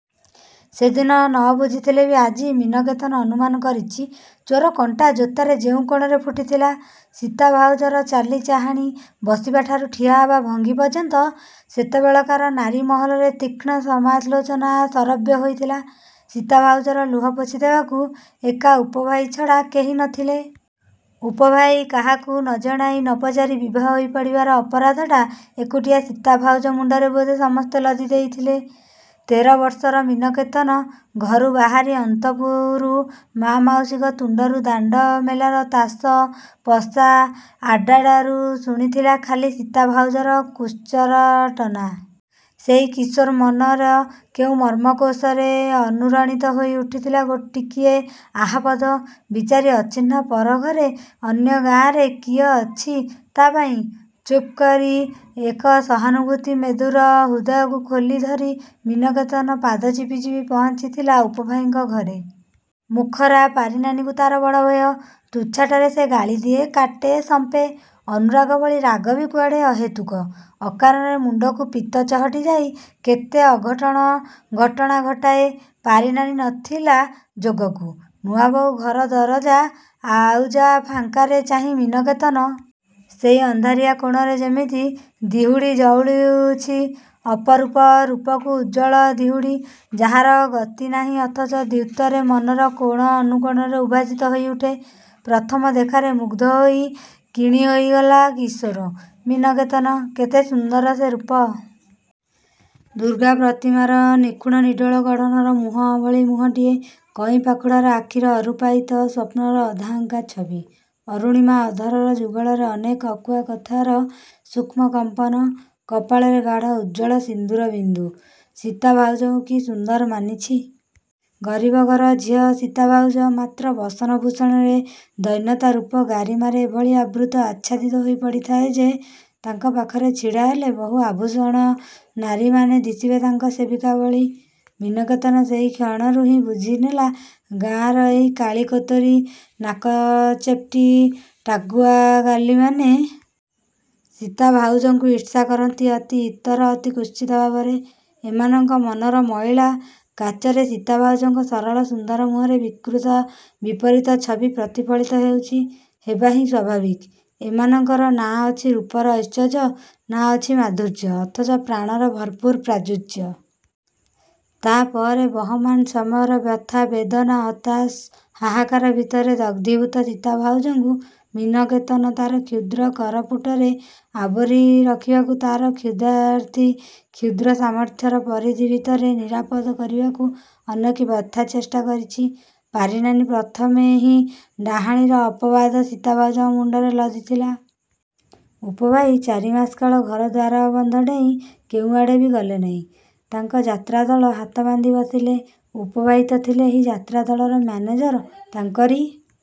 ସେଦିନ ନ ବୁଝିଥିଲେ ବି ଆଜି ମୀନକେତନ ଅନୁମାନ କରିଛି ଚୋର କଣ୍ଟା ଯୋତାରେ ଯେଉଁ କୋଣରେ ଫୁଟୁଥିଲା। ସୀତା ଭାଉଜର ଚାଲି ଚାହାଁଣୀ, ବସିବା ଠାରୁ ଠିଆ ହେବା ଭଙ୍ଗି ପର୍ଯ୍ୟନ୍ତ ସେତେବେଳକାର ନାରୀ ମହଲରେ ତୀକ୍ଷ୍ଣ ସମାଲୋଚନା ଶରବ୍ୟ ହୋଇଥିଲା। ସୀତା ଭାଉଜର ଲୁହ ପୋଛି ଦେବାକୁ ଏକା ଉପଭାଇ ଛଡ଼ା କେହି ନଥିଲେ। ଉପଭାଇ କାହାକୁ ନ ଜଣାଇ, ନପଚାରି ବିଭା ହୋଇ ପଡ଼ିବାର ଅପରାଧଟା ଏକୁଟିଆ ସୀତା ଭାଉଜ ମୁଣ୍ଡରେ ବୋଧେ ସମସ୍ତେ ଲଦି ଦେଇଥିଲେ। ତେର ବର୍ଷର ମୀନ କେତନ ଘରୁ, ବାହାରି, ଅନ୍ତଃପୁରୁ, ମା'ମାଉସୀଙ୍କ ତୁଣ୍ଡରୁ, ଦାଣ୍ଡ ମେଲାର ତାଶ, ପଶା ଆଡ଼ାଡ଼ାରୁ ଶୁଣୁଥିଲା ଖାଲି ସୀତା ଭାଉଜର କୁତ୍ସାରଟନା। ସେଇ କିଶୋର ମନର କେଉଁ ମର୍ମ କୋଷରେ ଅନୁରାଣିତ ହୋଇ ଉଠୁଥିଲା ଗୋଟି ଟିକିଏ ଆହା ପଦ...। ବିଚାରି ଅଚିହ୍ନା ପରଘରେ ଅନ୍ୟଗାଁରେ କିଏ ଅଛି ତା' ପାଇଁ। ଚୁପ କରି ଏକ ସହାନୁଭୂତି ମେଦୁର ହୃଦୟକୁ ଖୋଲିଧରି ମୀନକେତନ ପାଦ ଚିପି ଚିପି ପହଞ୍ଚିଥିଲା ଉପଭାଇଙ୍କ ଘରେ। ମୁଖରା ପାରିନାନୀକୁ ତା'ର ବଡ଼ଭୟ। ତୁଚ୍ଛଟାରେ ସେ ଗାଳି ଦିଏ କାଟେ ସମ୍ପେ। ଅନୁରାଗ ଭଳି ରାଗ ବି କୁଆଡ଼େ ଅହେତୁକ। ଅକାରଣରେ ମୁଣ୍ଡକୁ ପିତ୍ତ ଚହଟି ଯାଇ କେତେ ଅଘଟଣ ଘଟଣା ଘଟାଏ। ପାରିନାନୀ ନଥିଲା ଯୋଗକୁ। ନୂଆବୋହୂ ଘର ଦରଜା ଆଉଜା ଫାଙ୍କରେ ଚାହିଁଲା ମୀନକେତନ। ସେହି ଅନ୍ଧାରିଆ କୋଣରେ ଯେମିତି ଦିହୁଡ଼ି, ଜଳୁଛି ଅପରୂପ ରୂପକୁ ଉଜ୍ଜ୍ୱଳ ଦିହୁଡ଼ି। ଯାହାର ଗତି ନାହିଁ ଅଥଚ ଦ୍ୟୁତରେ ମନର କୋଣ ଅନୁକୋଣରେ ଉଦ୍ଭାସିତ ହୋଇ ଉଠେ। ପ୍ରଥମ ଦେଖାରେ ମୁଗ୍ଧ ହୋଇ କିଣି ହୋଇଗଲା କିଶୋର ମୀନକେତନ। କେତେ ସୁନ୍ଦର ସେ ରୂପ। ଦୁର୍ଗା ପ୍ରତିମାର ନିଖୁଣ ନିଟୋଳ ଗଢ଼ଣର ମୁହଁ ଭଳି ମୁହଁଟିଏ। କଇଁ ପାଖୁଡ଼ାର ଆଖିର ଅରୂପାୟିତ ସ୍ୱପ୍ନର ଅଧା ଅଙ୍କା ଛବି। ଅରୁଣିମା ଅଧରର ଯୁଗଳର ଅନେକ ଅକୁହା କଥାର ସୂକ୍ଷ୍ମ କମ୍ପନ। କପାଳରେ ଗାଢ଼ ଉଜ୍ଜ୍ୱଳ ସିନ୍ଦୁର ବିନ୍ଦୁ। ସୀତା ଭାଉଜକୁ କି ସୁନ୍ଦର ମାନିଛି। ଗରିବ ଘର ଝିଅ ସୀତା ଭାଉଜ। ମାତ୍ର ବସନ ଭୂଷଣରେ ଦୈନ୍ୟତା ରୂପ ଗାରିମାରେ ଏଭଳି ଆବୃତ, ଆଚ୍ଛାଦିତ ହୋଇ ପଡ଼ିଥାଏ ଯେ, ତାଙ୍କ ପାଖରେ ଛିଡ଼ା ହେଲେ ବହୁ ଆଭୂଷଣନାରୀମାନେ ଦିଶିବେ ତାଙ୍କ ସେବିକା ଭଳି। ମୀନକେତନ ସେହି କ୍ଷଣରୁ ହିଁ ବୁଝିନେଲା ଗାଁର ଏହି କାଳି, କୋତରୀ, ନାକଚେପ୍ଟୀ, ଟାକୁଆଗାଲିମାନେ। ସୀତା ଭାଉଜଙ୍କୁ ଈର୍ଷା କରନ୍ତି ଅତି ଇତର, ଅତି କୁତ୍ସିତ ଭାବରେ। ଏମାନଙ୍କ ମନର ମଇଳା କାଚରେ ସୀତା ଭାଉଜଙ୍କ ସରଳ ସୁନ୍ଦର ମୁହଁରେ ବିକୃତ ବିପରୀତ ଛବି ପ୍ରତିଫଳିତ ହେଉଛି। ହେବାହିଁ ସ୍ୱାଭାବିକ। ଏମାନଙ୍କର ନା ଅଛି ରୂପର ଐଶ୍ୱର୍ଯ୍ୟ, ନା ଅଛି ମାଧୁର୍ଯ୍ୟ ଅଥବା ପ୍ରାଣର ଭରପୁର ପ୍ରାଚୁର୍ଯ୍ୟ। ତା'ପରେ ବହମାନ ସମୟର ବ୍ୟଥା, ବେଦନା, ହତାଶ, ହାଁ-ହାଁ-କାର ଭିତରେ ଦଗ୍ଧୀଭୂତ ସୀତା ଭାଉଜକୁ ମୀନକେତନ ତା'ର କ୍ଷୁଦ୍ର କରପୁଟରେ ଆବୋରି ରଖିବାକୁ ତା'ର କ୍ଷୁଦ୍ରାତିକ୍ଷୁଦ୍ର ସାମର୍ଥ୍ୟର ପରିଧି ଭିତରେ ନିରାପଦ କରିବାକୁ ଅନେକ ବ୍ୟଥା ଚେଷ୍ଟା କରିଛି। ପାରିନାନୀ ପ୍ରଥମେ ହିଁ ଡାହାଣୀର ଅପବାଦ ସୀତା ଭାଉଜଙ୍କ ମୁଣ୍ଡରେ ଲଦିଥିଲା। ଉପଭାଇ ଚାରିମାସ କାଳ ଘର ଦ୍ୱାର ବନ୍ଧ ଡେଇଁ କେଉଁ ଆଡ଼େ ବି ଗଲେ ନାହିଁ। ତାଙ୍କ ଯାତ୍ରାଦଳ ହାତ ବାନ୍ଧି ବସିଲେ। ଉପଭାଇତ ଥିଲେ ଏହି ଯାତ୍ରା ଦଳର ମ୍ୟାନେଜର। ତାଙ୍କରି